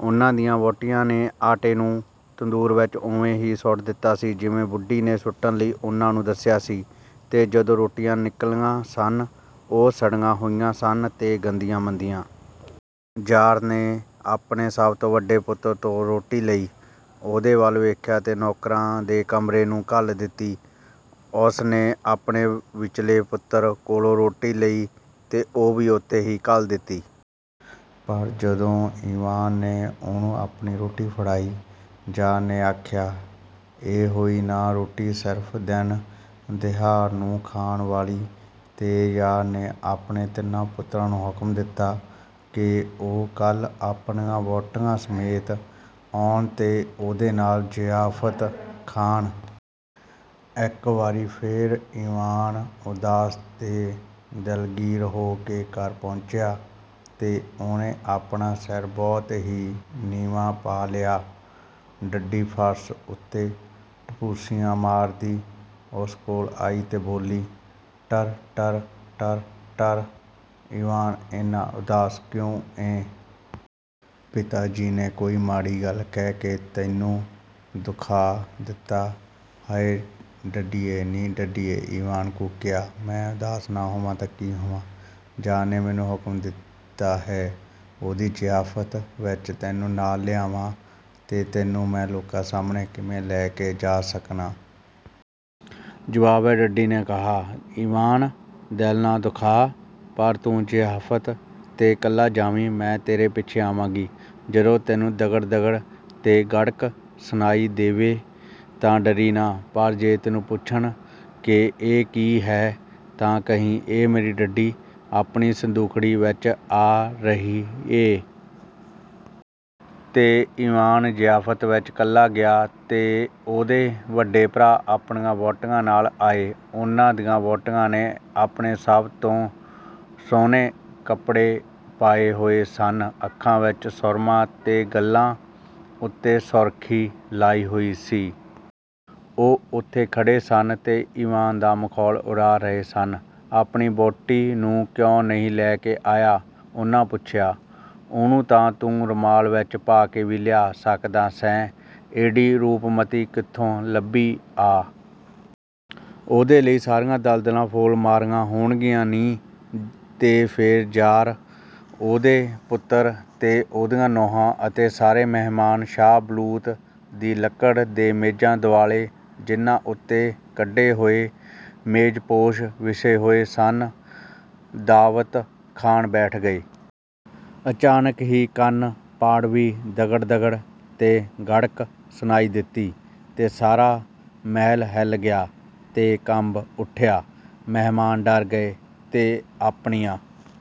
ਉਹਨਾਂ ਦੀਆਂ ਵਹੁਟੀਆਂ ਨੇ ਆਟੇ ਨੂੰ ਤੰਦੂਰ ਵਿੱਚ ਉਵੇਂ ਹੀ ਸੁੱਟ ਦਿੱਤਾ ਸੀ, ਜਿਵੇਂ ਬੁੱਢੀ ਨੇ ਸੁੱਟਣ ਲਈ ਉਹਨਾਂ ਨੂੰ ਦੱਸਿਆ ਸੀ, ਤੇ ਜਦੋਂ ਰੋਟੀਆਂ ਨਿਕਲੀਆਂ ਸਨ, ਉਹ ਸੜੀਆਂ ਹੋਈਆਂ ਸਨ ਤੇ ਗੰਦੀਆਂ-ਮੰਦੀਆਂ। ਜ਼ਾਰ ਨੇ ਆਪਣੇ ਸਭ ਤੋਂ ਵੱਡੇ ਪੁੱਤਰ ਤੋਂ ਰੋਟੀ ਲਈ, ਉਹਦੇ ਵੱਲ ਵੇਖਿਆ ਤੇ ਨੌਕਰਾਂ ਦੇ ਕਮਰੇ ਨੂੰ ਘੱਲ ਦਿੱਤੀ। ਉਸ ਨੇ ਆਪਣੇ ਵਿਚਲੇ ਪੁੱਤਰ ਕੋਲੋਂ ਰੋਟੀ ਲਈ ਤੇ ਉਹ ਵੀ ਓਥੇ ਹੀ ਘੱਲ ਦਿੱਤੀ। ਪਰ ਜਦੋਂ ਈਵਾਨ ਨੇ ਉਹਨੂੰ ਆਪਣੀ ਰੋਟੀ ਫੜਾਈ, ਜ਼ਾਰ ਨੇ ਆਖਿਆ, "ਇਹ ਹੋਈ ਨਾ ਰੋਟੀ ਸਿਰਫ਼ ਦਿਨ-ਦਿਹਾਰ ਨੂੰ ਖਾਣ ਵਾਲੀ।"ਤੇ ਜ਼ਾਰ ਨੇ ਆਪਣੇ ਤਿੰਨਾਂ ਪੁੱਤਰਾਂ ਨੂੰ ਹੁਕਮ ਦਿੱਤਾ ਕਿ ਉਹ ਕੱਲ੍ਹ ਆਪਣੀਆਂ ਵਹੁਟੀਆਂ ਸਮੇਤ ਆਉਣ ਤੇ ਉਹਦੇ ਨਾਲ ਜ਼ਿਆਫ਼ਤ ਖਾਣ। ਇੱਕ ਵਾਰੀ ਫੇਰ ਈਵਾਨ ਉਦਾਸ ਤੇ ਦਿਲਗੀਰ ਹੋ ਕੇ ਘਰ ਪਹੁੰਚਿਆ ਤੇ ਉਹਨੇ ਆਪਣਾ ਸਿਰ ਬਹੁਤ ਹੀ ਨੀਵਾਂ ਪਾ ਲਿਆ। ਡੱਡੀ ਫ਼ਰਸ਼ ਉੱਤੇ ਟਪੋਸੀਆਂ ਮਾਰਦੀ ਉਸ ਕੋਲ ਆਈ ਤੇ ਬੋਲੀ, "ਟਰ-ਟਰ, ਟਰ-ਟਰ, ਈਵਾਨ, ਏਨਾ ਉਦਾਸ ਕਿਉਂ ਏ? ਪਿਤਾ ਜੀ ਨੇ ਕੋਈ ਮਾੜੀ ਗੱਲ ਕਹਿ ਕੇ ਤੈਨੂੰ ਦੁਖਾ ਦਿੱਤਾ।""ਹਾਇ, ਡੱਡੀਏ, ਨੀ ਡੱਡੀਏ," ਈਵਾਨ ਕੂਕਿਆ। "ਮੈਂ ਉਦਾਸ ਨਾ ਹੋਵਾਂ ਤਾਂ ਕੀ ਹੋਵਾਂ? ਜ਼ਾਰ ਨੇ ਮੈਨੂੰ ਹੁਕਮ ਦਿੱਤਾ ਹੈ, ਉਹਦੀ ਜ਼ਿਆਫ਼ਤ ਵਿੱਚ ਤੈਨੂੰ ਨਾਲ ਲਿਆਵਾਂ ਤੇ ਤੈਨੂੰ ਮੈਂ ਲੋਕਾਂ ਸਾਹਮਣੇ ਕਿਵੇਂ ਲੈ ਕੇ ਜਾ ਸਕਨਾਂ।" ਜਵਾਬ ਵਿੱਚ ਡੱਡੀ ਨੇ ਕਿਹਾ, "ਈਵਾਨ, ਦਿਲ ਨਾ ਦੁਖਾ, ਪਰ ਤੂੰ ਜ਼ਿਆਫ਼ਤ 'ਤੇ ਇਕੱਲਾ ਜਾਵੀਂ ਤੇ ਮੈਂ ਤੇਰੇ ਪਿੱਛੇ ਆਵਾਂਗੀ। ਜਦੋਂ ਤੈਨੂੰ ਦਗੜ-ਦਗੜ ਤੇ ਗੜਕ ਸੁਣਾਈ ਦੇਵੇ, ਤਾਂ ਡਰੀਂ ਨਾ, ਪਰ ਜੇ ਤੈਨੂੰ ਪੁੱਛਣ ਕਿ ਇਹ ਕੀ ਹੈ, ਤਾਂ ਕਹੀਂ, ਇਹ ਮੇਰੀ ਡੱਡੀ ਆਪਣੀ ਸੰਦੂਕੜੀ ਵਿੱਚ ਆ ਰਹੀ ਏ।' ਤੇ ਈਵਾਨ ਜ਼ਿਆਫ਼ਤ ਵਿੱਚ ਇਕੱਲਾ ਗਿਆ ਤੇ ਉਹਦੇ ਵੱਡੇ ਭਰਾ ਆਪਣੀਆਂ ਵਹੁਟੀਆਂ ਨਾਲ ਆਏ। ਉਹਨਾਂ ਦੀਆਂ ਵਹੁਟੀਆਂ ਨੇ ਆਪਣੇ ਸਭ ਤੋਂ ਸੁਹਣੇ ਕੱਪੜੇ ਪਾਏ ਹੋਏ ਸਨ, ਅੱਖਾਂ ਵਿੱਚ ਸੁਰਮਾ ਤੇ ਗੱਲ੍ਹਾਂ ਉੱਤੇ ਸੁਰਖ਼ੀ ਲਾਈ ਹੋਈ ਸੀ। ਉਹ ਉੱਥੇ ਖੜ੍ਹੇ ਸਨ ਤੇ ਈਵਾਨ ਦਾ ਮਖੌਲ ਉਡਾ ਰਹੇ ਸਨ। "ਆਪਣੀ ਵਹੁਟੀ ਨੂੰ ਕਿਉਂ ਨਹੀਂ ਲੈ ਕੇ ਆਇਆ?" ਉਹਨਾਂ ਪੁੱਛਿਆ। "ਉਹਨੂੰ ਤਾਂ ਤੂੰ ਰੁਮਾਲ ਵਿੱਚ ਵੀ ਪਾ ਕੇ ਲਿਆ ਸਕਦਾ ਸੈਂ। ਏਡੀ ਰੂਪਮੱਤੀ ਕਿੱਥੋਂ ਲੱਭੀ ਆ? ਉਹਦੇ ਲਈ ਸਾਰੀਆਂ ਦਲਦਲਾਂ ਫੋਲ ਮਾਰੀਆਂ ਹੋਣਗੀਆਂ ਨੀ।" ਤੇ ਫੇਰ ਜ਼ਾਰ, ਉਹਦੇ ਪੁੱਤਰ ਤੇ ਉਹਦੀਆਂ ਨੂੰਹਾਂ ਅਤੇ ਸਾਰੇ ਮਹਿਮਾਨ ਸ਼ਾਹ ਬਲੂਤ ਦੀ ਲੱਕੜ ਦੇ ਮੇਜ਼ਾਂ ਦੁਆਲੇ, ਜਿਨ੍ਹਾਂ ਉੱਤੇ ਕੱਢੇ ਹੋਏ ਮੇਜ਼ਪੋਸ਼ ਵਿਛੇ ਹੋਏ ਸਨ, ਦਾਅਵਤ ਖਾਣ ਬੈਠ ਗਏ। ਅਚਾਨਕ ਹੀ ਕੰਨ-ਪਾੜਵੀਂ ਦਗੜ-ਦਗੜ ਤੇ ਗੜਕ ਸੁਣਾਈ ਦਿੱਤੀ, ਤੇ ਸਾਰਾ ਮਹਿਲ ਹਿੱਲ ਗਿਆ ਤੇ ਕੰਬ ਉਠਿਆ। ਮਹਿਮਾਨ ਡਰ ਗਏ ਤੇ ਆਪਣੀਆਂ